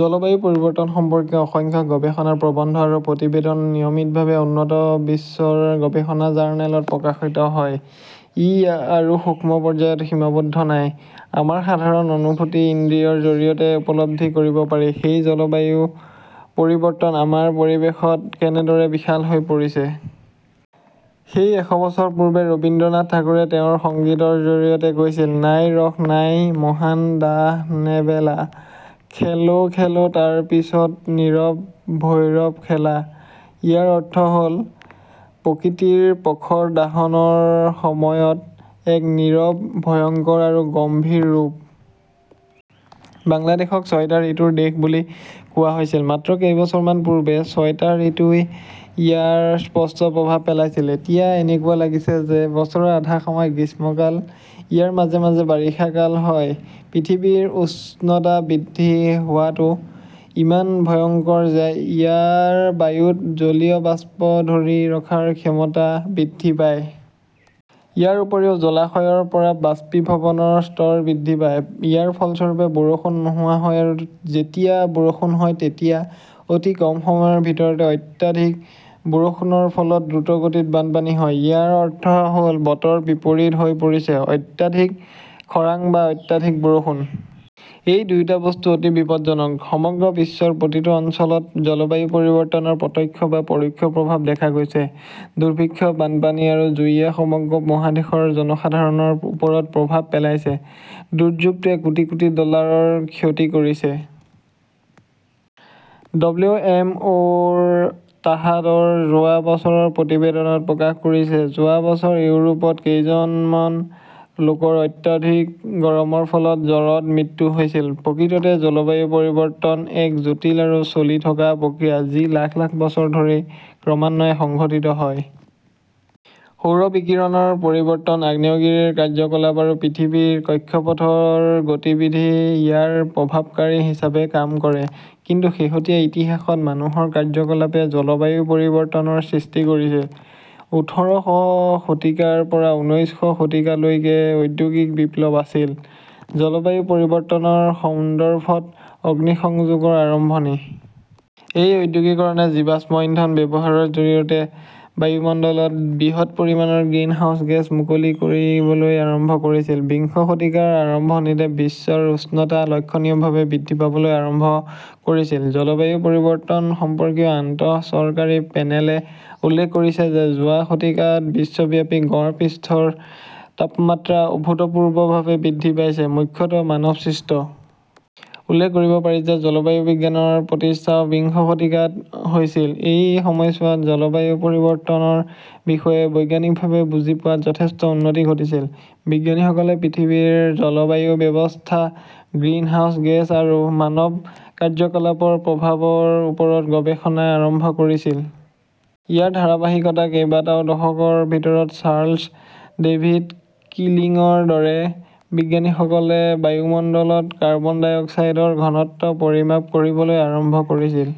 জলবায়ু পৰিৱৰ্তন সম্পৰ্কীয় অসংখ্য গৱেষণা প্ৰবন্ধ আৰু প্ৰতিবেদন নিয়মিতভাৱে উন্নত বিশ্বৰ গৱেষণা জাৰ্নেলত প্ৰকাশিত হয়। ই আৰু সূক্ষ্ম পৰ্যায়ত সীমাবদ্ধ নাই, আমাৰ সাধাৰণ অনুভূতি-ইন্দ্ৰিয়ৰ জৰিয়তে উপলব্ধি কৰিব পাৰি, সেই জলবায়ু পৰিৱৰ্তন আমাৰ পৰিৱেশত কেনেদৰে বিশাল হৈ পৰিছে। সেই এশ বছৰ পূৰ্বে ৰবীন্দ্ৰনাথ ঠাকুৰে তেওঁৰ সংগীতৰ জৰিয়তে কৈছিল, 'নাই ৰস নাই, মহান দাহনেবেলা। খেলো খেলো তাৰপিছত নীৰৱ ভৈৰৱ খেলা। ইয়াৰ অৰ্থ হ'ল, প্ৰকৃতিৰ প্ৰখৰ দাহনৰ সময়ত এক নীৰৱ, ভয়ংকৰ আৰু গম্ভীৰ ৰূপ। বাংলাদেশক ছয় ঋতুৰ দেশ বুলি কোৱা হৈছিল। মাত্ৰ কেইবছৰমান পূৰ্বে ছয়টা ঋতুই ইয়াৰ স্পষ্ট প্ৰভাৱ পেলাইছিল। এতিয়া এনেকুৱা লাগিছে যে, বছৰৰ আধা সময় গ্ৰীষ্মকাল। ইয়াৰ মাজে মাজে বাৰিষা কাল হয়। পৃথিৱীৰ উষ্ণতা বৃদ্ধি হোৱাটো ইমান ভয়ংকৰ যে, ইয়াৰ বায়ুত জলীয় বাষ্প ধৰি ৰখাৰ ক্ষমতা বৃদ্ধি পায়। ইয়াৰ উপৰিও জলাশয়ৰ পৰা বাষ্পীভৱনৰ স্তৰ বৃদ্ধি পায়। ইয়াৰ ফলস্বৰূপে, বৰষুণ নোহোৱা হয় আৰু যেতিয়া বৰষুণ হয়, তেতিয়া অতি কম সময়ৰ ভিতৰতে অত্যধিক বৰষুণৰ ফলত দ্ৰুতগতিত বানপানী হয়। ইয়াৰ অৰ্থ হ'ল বতৰ বিপৰীত হৈ পৰিছে, অত্যাধিক খৰাং বা অত্যাধিক বৰষুণ। এই দুয়োটা বস্তু অতি বিপদজনক। সমগ্ৰ বিশ্বৰ প্ৰতিটো অঞ্চলত জলবায়ু পৰিৱৰ্তনৰ প্ৰত্যক্ষ বা পৰোক্ষ প্ৰভাৱ দেখা গৈছে। দুৰ্ভিক্ষ, বানপানী আৰু জুইয়ে সমগ্ৰ মহাদেশৰ জনসাধাৰণৰ ওপৰত প্ৰভাৱ পেলাইছে। দুৰ্যোগটোৱে কোটি কোটি ডলাৰৰ ক্ষতি কৰিছে। ডব্লিউ এম অ'এ তাহাদৰ যোৱা বছৰৰ প্ৰতিবেদনত প্ৰকাশ কৰিছে, যোৱা বছৰ ইউৰোপত কেইজনমন লোকৰ অত্যধিক গৰমৰ ফলত জ্বৰত মৃত্যু হৈছিল। প্ৰকৃততে জলবায়ু পৰিৱৰ্তন এক জটিল আৰু চলি থকা প্ৰক্ৰিয়া, যি লাখ লাখ বছৰ ধৰি ক্ৰমান্বয়ে সংঘটিত হয়। সৌৰ বিকিৰণৰ পৰিৱৰ্তন, আগ্নেয়গিৰিৰ কাৰ্যকলাপ আৰু পৃথিৱীৰ কক্ষপথৰ গতিবিধি ইয়াৰ প্ৰভাৱকাৰী হিচাপে কাম কৰে; কিন্তু শেহতীয়া ইতিহাসত মানুহৰ কাৰ্যকলাপে জলবায়ু পৰিৱৰ্তনৰ সৃষ্টি কৰিছে। উঠৰ শ শতিকাৰ পৰা ঊনৈশ শ শতিকালৈকে ঔদ্যোগিক বিপ্লৱ আছিল, জলবায়ু পৰিৱৰ্তনৰ সন্দৰ্ভত অগ্নিসংযোগৰ আৰম্ভণি। এই ঔদ্যোগিকৰণে জীৱাশ্ম ইন্ধন ব্যৱহাৰৰ জৰিয়তে বায়ুমণ্ডলত বৃহৎ পৰিমাণৰ গ্ৰীনহাউছ গেছ মুকলি কৰিবলৈ আৰম্ভ কৰিছিল। বিংশ শতিকাৰ আৰম্ভণিতে বিশ্বৰ উষ্ণতা লক্ষণীয়ভাৱে বৃদ্ধি পাবলৈ আৰম্ভ কৰিছিল। জলবায়ু পৰিৱৰ্তন সম্পৰ্কীয় আন্তঃ চৰকাৰী পেনেলে উল্লেখ কৰিছে যে, যোৱা শতিকাত বিশ্বব্যাপী গড় পৃষ্ঠৰ তাপমাত্ৰা অভূতপূৰ্বভাৱে বৃদ্ধি পাইছে, মুখ্যতঃ মানৱ-সৃষ্ট। উল্লেখ কৰিব পাৰি যে, জলবায়ু বিজ্ঞানৰ প্ৰতিষ্ঠাও বিংশ শতিকাত হৈছিল। এই সময়ছোৱাত জলবায়ু পৰিৱৰ্তনৰ বিষয়ে বৈজ্ঞানিকভাৱে বুজি পোৱাত যথেষ্ট উন্নতি ঘটিছিল। বিজ্ঞানীসকলে পৃথিৱীৰ জলবায়ু ব্যৱস্থা, গ্ৰীনহাউছ গেছ আৰু মানৱ কাৰ্যকলাপৰ প্ৰভাৱৰ ওপৰত গৱেষণা আৰম্ভ কৰিছিল। ইয়াৰ ধাৰাবাহিকতাত কেইবাটাও দশকৰ ভিতৰত চাৰ্লছ ডেভিড কিলিংৰ দৰে বিজ্ঞানীসকলে বায়ুমণ্ডলত কাৰ্বন ডাই অক্সাইডৰ ঘনত্ব পৰিমাপ কৰিবলৈ আৰম্ভ কৰিছিল।